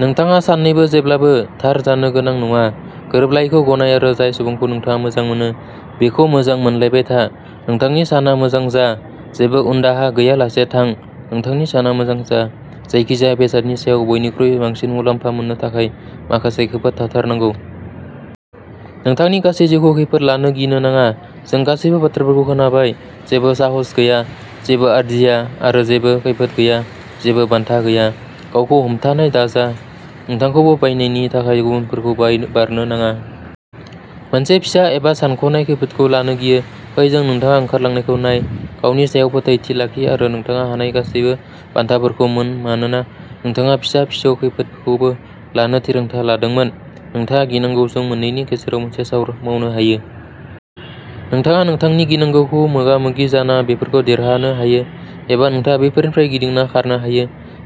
नोंथाङा सानैबो जेब्लाबो थार जानो गोनां नङा। गोरोबलायैखौ गनाय आरो जाय सुबुंखौ नोंथाङा मोजां मोनो, बिखौ मोजां मोनलायबाय था। नोंथांनि साना मोजां जा। जेबो उनदाहा गैयालासे थां। नोंथांनि साना मोजां जा। जायखिजाया बेसादनि सायाव बयनिख्रुइ बांसिन मुलाम्फा मोननो थाखाय, माखासे खैफोद थाथारनांगौ। नोंथांनि गासै जिउखौ खैफोद लानो गिनो नाङा। जों गासैबो बाथ्राफोरखौ खोनाबाय। "जेबो साहस गैया, जेबो आरजिया। " आरो, "जेबो खैफोद गैया, जेबो बान्था गैया। " गावखौ हमथानाय दाजा। नोंथांखौबो बायनायनि थाखाय गुबुनफोरखौ बारनो नाङा। मोनसे फिसा, एबा सानख'नाय खैफोदखौ लानो गियो। फै जों नोंथाङा ओंखारलांनायखौ नाय, गावनि सायाव फोथायथि लाखि आरो नोंथाङा हानाय गासैबो बान्थाफोरखौ मोन मानोना नोंथाङा फिसा-फिसौ खैफोदखौबो लानो थिरांथा लादोंमोन। नोंथाङा गिनांगौजों मोननैनि गेजेराव मोनसे मावनो हायो। नोंथाङा नोंथांनि गिनांगौखौ मोगा-मोगि जाना बेफोरखौ देरहानो हायो, एबा नोंथाङा बैफोरनिफ्राय गिदिंना खारनो हायो।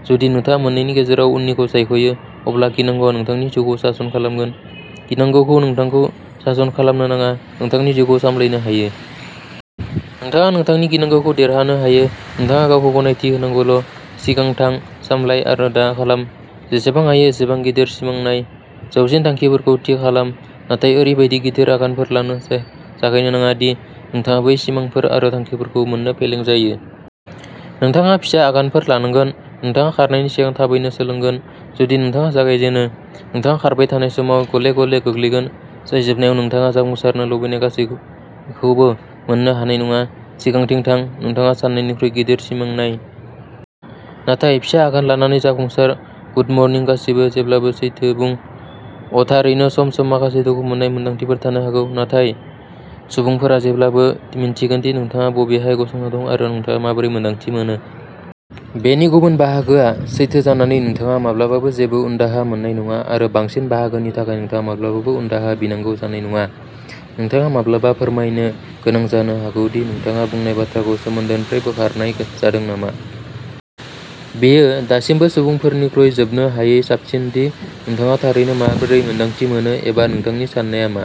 जुदि नोंथाङा मोन्नैनि गेजेराव उननिखौ सायख'यो, अब्ला गिनांगौआ नोंथांनि जिउखौ सासन खालामगोन। गिनांगौखौ नोंथांखौ सासन खालामनो नाङा। नोंथांनि जिउखौ सामलायनो हायो। नोंथाङा नोंथांनि गिनांगौखौ देरहानो हायो। नोंथाङा गावखौ गनायथि होनांगौल'। सिगां थां। सामलाय, आरो दा खालाम। जेसेबां हायो एसेबां गिदिर सिमां नाय। जौसिन थांखिफोरखौ थि खालाम। नाथाय ओरैबायदि गिदिर आगानफोर लानो जागायनो नाङा दि नोंथाङा बै सिमांफोर आरो थांखिफोरखौ मोन्नो फेलें जायो। नोंथाङा फिसा आगानफोर लानांगोन। नोंथाङा खारनायनि सिगां थाबायनो सोलोंगोन। जुदि नोंथाङा जागायजेनो। नोंथाङा खारबाय थानाय समाव, गले-गले गोग्लैगोन, जाय जोबनायाव नोंथाङा जाफुंसारनो लुबैनाय गासिबोखौ मोन्नो हानाय नङा। सिगांथिं थां। नोंथाङा साननायनिख्रुइबो गिदिर सिमां नाय। नाथाय फिसा आगान लानानै जाफुंसार। गुड मर्निं गासिबो। जेब्लाबो सैथो बुं। अ'थारैनो सम-सम माखासे दुखु मोननाय मोनदांथिफोर थानो हागौ, नाथाय सुबुंफोरा जेब्लाबो मिन्थिगोन दि नोंथाङा बबेहाय गसंना दं आरो नोंथाङा माबोरै मोन्दांथि मोनो। बेनि गुबुन बाहागोआ, सैथो जानानै नोंथाङा माब्लाबाबो जेबो उनदाहा मोननाय नङा आरो बांसिन बाहागोनि थाखाय नोंथाङा माब्लाबाबो उनदाहा बिनांगौ जानाय नङा। नोंथाङा माब्लाबा फोरमायनो गोनां जानो हागौ दि नोंथाङा बुंनाय बाथ्राखौ सोमोन्दोनिफ्राय बोखारनाय जादों नामा। बेयो दासिमबो सुबुंफोरनिख्रुइ जोबनो हायै साबसिन दि नोंथाङा थारैनो माबोरै मोन्दांथि मोनो, एबा नोंथांनि साननाया मा।